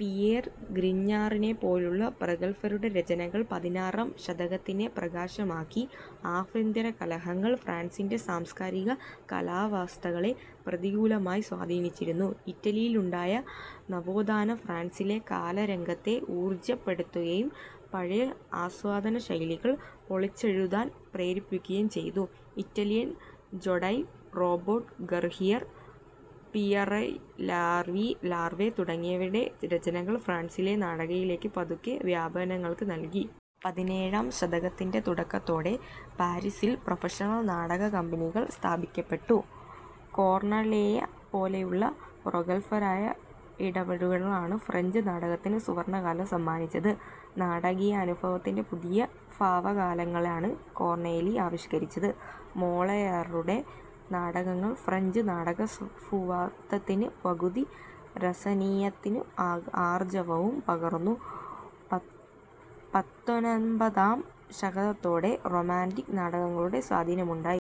Pierre ഗ്രിഞ്ഞോറിനെപ്പോലുള്ള പ്രഗല്ഭരുടെ രചനകൾ പതിനാറാം ശതകത്തിനെ പ്രകാശമാനമാക്കി. ആഭ്യന്തരകലഹങ്ങൾ ഫ്രാൻസിന്റെ സാംസ്കാരിക കാലാവസ്ഥകളെ പ്രതികൂലമായി സ്വാധീനിച്ചിരുന്നു. ഇറ്റലിയിലുണ്ടായ നവോത്ഥാനം ഫ്രാൻസിലെ കലാരംഗത്തെ ഊർജ്ജിതപ്പെടുത്തുകയും പഴയ ആസ്വാദനശീലങ്ങൾ പൊളിച്ചെഴുതാൻ പ്രേരിപ്പിക്കുകയും ചെയ്തു. Etienne Jodelle, Robert Garnier, Pierre Larivey തുടങ്ങിയവരുടെ രചനകൾ ഫ്രാൻസിലെ നാടകകലയ്ക്ക് പുതിയ വ്യാഖ്യാനങ്ങൾ നല്കി. പതിനേഴാം ശതകത്തിന്റെ തുടക്കത്തോടെ പാരിസിൽ പ്രൊഫഷണൽ നാടകക്കമ്പനികൾ സ്ഥാപിക്കപ്പെട്ടു. കോർണേലിയെ പോലുള്ള പ്രഗല്ഭരുടെ ഇടപെടലുകളാണ് ഫ്രഞ്ച് നാടകത്തിന് സുവർണകാലം സമ്മാനിച്ചത്. നാടകീയാനുഭവത്തിന്റെ പുതിയ ഭാവകാലങ്ങളാണ് കോർണേലി ആവിഷ്കരിച്ചത്. മോളിയറുടെ നാടകങ്ങൾ ഫ്രഞ്ച് നാടകഭാവുകത്വത്തിന് പുതിയ രസനീയതയും ആർജവവും പകർന്നു. പത്തൊനപതാം ശതകത്തോടെ റൊമാന്റിക് നാടകങ്ങളുടെ സ്വാധീനമുണ്ടായി.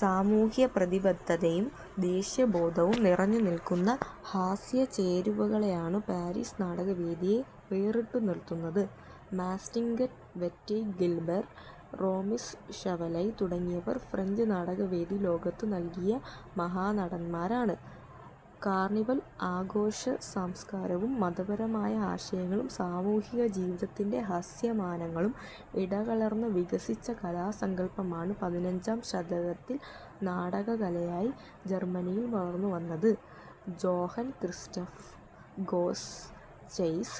സാമൂഹ്യപ്രതിബദ്ധതയും ദേശീയബോധവും നിറഞ്ഞുനില്ക്കുന്ന ഹാസ്യചേരുവകളാണ് പാരിസ് നാടകവേദിയെ വേറിട്ടുനിർത്തുന്നത്. Mistinguett Yvette Guilbert, Maurice Chevalier തുടങ്ങിയവർ ഫ്രഞ്ച് നാടകവേദി ലോകത്തിന് നല്കിയ മഹാനടന്മാരാണ്. കാർണിവൽ ആഘോഷസംസ്കാരവും മതപരമായ ആശയങ്ങളും സാമൂഹികജീവിതത്തിന്റെ ഹാസ്യമാനങ്ങളും ഇടകലർന്നു വികസിച്ച കലാസങ്കല്പമാണ് പതിനഞ്ചാം ശതകത്തിൽ നാടകകലയായി ജർമനിയിൽ വളർന്നുവന്നത്. ജോഹൻ ക്രിസ്റ്റോഫ് ഗോസ്സ്ചെസ്,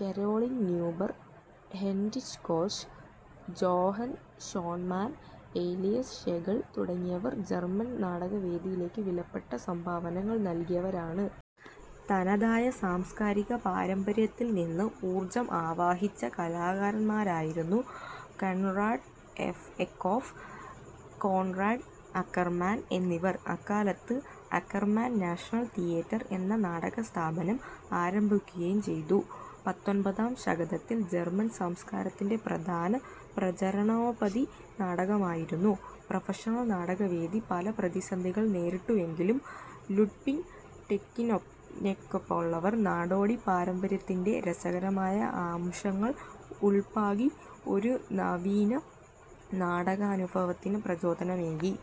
Caroline Neuber, Heinrich Koch, Johann Schonemann, Elias Schlegel തുടങ്ങിയവർ ജർമൻ നാടകവേദിക്ക് വിലപ്പെട്ട സംഭാവനകൾ നല്കിയവരാണ്. തനതായ സാംസ്കാരിക പാരമ്പര്യത്തിൽനിന്ന് ഊർജ്ജം ആവാഹിച്ച കലാകാരന്മാരായിരുന്നു കോൺറാഡ് എക്കോഫ്, കോൺറാഡ് അക്കർമാൻ എന്നിവർ. അക്കാലത്ത് അക്കർമാൻ 'നാഷണൽ തിയേറ്റർ' എന്ന നാടകസ്ഥാപനം ആരംഭിക്കുകയും ചെയ്തു. പത്തൊൻപതാം ശതകത്തിൽ ജർമൻ സംസ്കാരത്തിന്റെ പ്രധാന പ്രചരണോപാധി നാടകമായിരുന്നു. പ്രൊഫഷണൽ നാടകവേദി പല പ്രതിസന്ധികൾ നേരിട്ടുവെങ്കിലും ലുഡ്പിങ് ടൈക്കിനെപ്പോലുള്ളവർ നാടോടി പാരമ്പര്യത്തിന്റെ രസകരമായ അംശങ്ങൾ ഉൾപാകി, ഒരു നവീന നാടകാനുഭവത്തിന് പ്രചോദനമേകി.